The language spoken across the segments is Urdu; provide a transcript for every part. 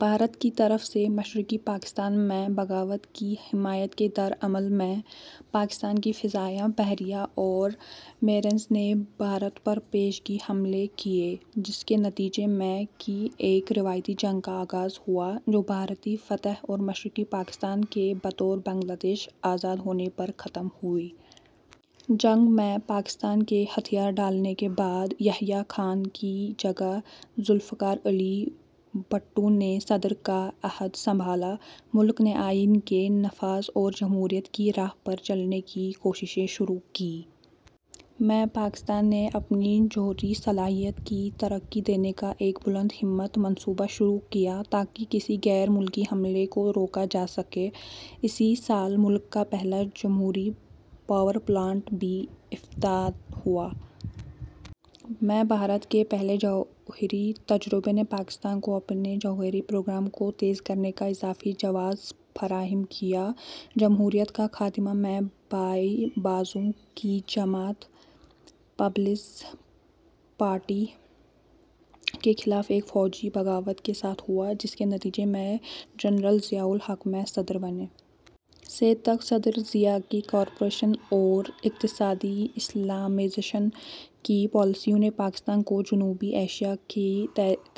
بھارت کی طرف سے مشرقی پاکستان میں بغاوت کی حمایت کے رد عمل میں، پاکستان کی فضائیہ، بحریہ اور میرینز نے بھارت پر پیشگی حملے کیے، جس کے نتیجے میں کی ایک روایتی جنگ کا آغاز ہوا جو بھارتی فتح اور مشرقی پاکستان کے بطور بنگلہ دیش آزاد ہونے پر ختم ہوئی۔ جنگ میں پاکستان کے ہتھیار ڈالنے کے بعد یحییٰ خان کی جگہ ذو الفقار علی بھٹو نے صدر کا عہدہ سنبھالا؛ ملک نے آئین کے نفاذ اور جمہوریت کی راہ پر چلنے کی کوششیں شروع کیں۔ میں پاکستان نے اپنی جوہری صلاحیت کو ترقی دینے کا ایک بلند ہمت منصوبہ شروع کیا تاکہ کسی غیر ملکی حملے کو روکا جا سکے؛ اسی سال ملک کا پہلا جوہری پاور پلانٹ بھی افتتاح ہوا۔ میں بھارت کے پہلے جوہری تجربے نے پاکستان کو اپنے جوہری پروگرام کو تیز کرنے کا اضافی جواز فراہم کیا۔ جمہوریت کا خاتمہ میں بائیں بازو کی جماعت پیپلز پارٹی کے خلاف ایک فوجی بغاوت کے ساتھ ہوا، جس کے نتیجے میں جنرل ضیاء الحق میں صدر بنے۔ سے تک صدر ضیاء کی کارپوریشن اور اقتصادی اسلامائزیشن کی پالیسیوں نے پاکستان کو جنوبی ایشیا کی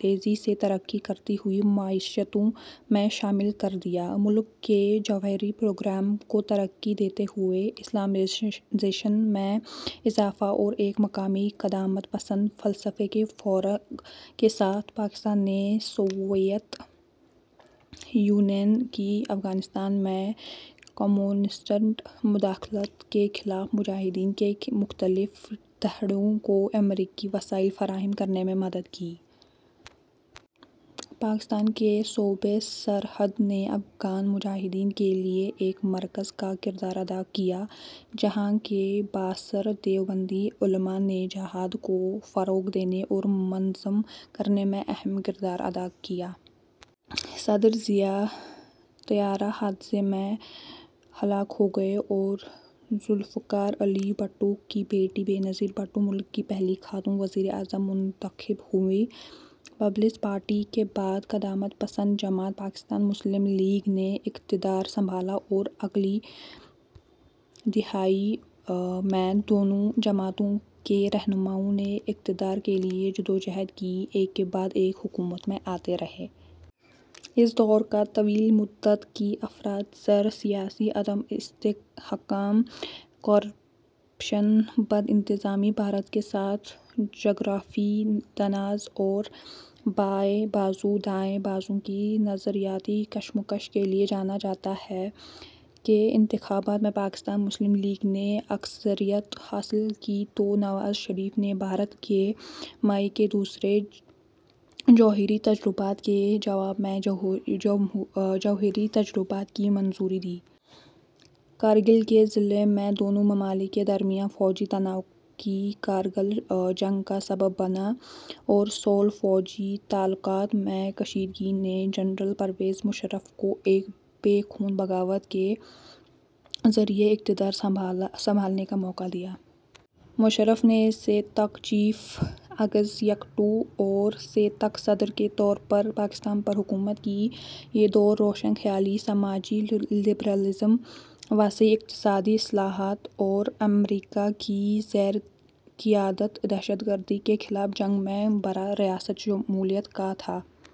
تیزی سے ترقی کرتی ہوئی معیشتوں میں شامل کر دیا۔ ملک کے جوہری پروگرام کو ترقی دیتے ہوئے، اسلامائزیشن میں اضافہ اور ایک مقامی قدامت پسند فلسفے کے فروغ کے ساتھ، پاکستان نے سوویت یونین کی افغانستان میں کمیونسٹ مداخلت کے خلاف مجاہدین کے مختلف دھڑوں کو امریکی وسائل فراہم کرنے میں مدد دی۔ پاکستان کے صوبہ سرحد نے افغان مجاہدین کے لیے ایک مرکز کا کردار ادا کیا، جہاں کے بااثر دیوبندی علما نے 'جہاد' کو فروغ دینے اور منظم کرنے میں اہم کردار ادا کیا۔ صدر ضیاء میں طیارہ حادثے میں ہلاک ہو گئے اور ذو الفقار علی بھٹو کی بیٹی بے نظیر بھٹو ملک کی پہلی خاتون وزیر اعظم منتخب ہوئیں۔ پیپلز پارٹی کے بعد قدامت پسند جماعت پاکستان مسلم لیگ نے اقتدار سنبھالا اور اگلی دہائی میں دونوں جماعتوں کے رہنماؤں نے اقتدار کے لیے جدوجہد کی، ایک کے بعد ایک حکومت میں آتے رہے۔ اس دور کو طویل مدت کی افراط زر، سیاسی عدم استحکام، کرپشن، بدانتظامی، بھارت کے ساتھ جغرافیائی تنازع اور بائیں بازو-دائیں بازو کی نظریاتی کشمکش کے لیے جانا جاتا ہے۔ کے انتخابات میں پاکستان مسلم لیگ نے اکثریت حاصل کی تو نواز شریف نے بھارت کے مئی کے دوسرے جوہری تجربات کے جواب میں جوہری تجربات کی منظوری دی۔ کارگل کے ضلع میں دونوں ممالک کے درمیان فوجی تناؤ کی کارگل جنگ کا سبب بنا اور سول-فوجی تعلقات میں کشیدگی نے جنرل پرویز مشرف کو ایک بے خون بغاوت کے ذریعے اقتدار سنبھالنے کا موقع دیا۔ مشرف نے سے تک چیف ایگزیکٹو اور سے تک صدر کے طور پر پاکستان پر حکومت کی—یہ دور روشن خیالی، سماجی لبرل ازم، وسیع اقتصادی اصلاحات اور امریکا کی زیر قیادت دہشت گردی کے خلاف جنگ میں براہ راست شمولیت کا تھا۔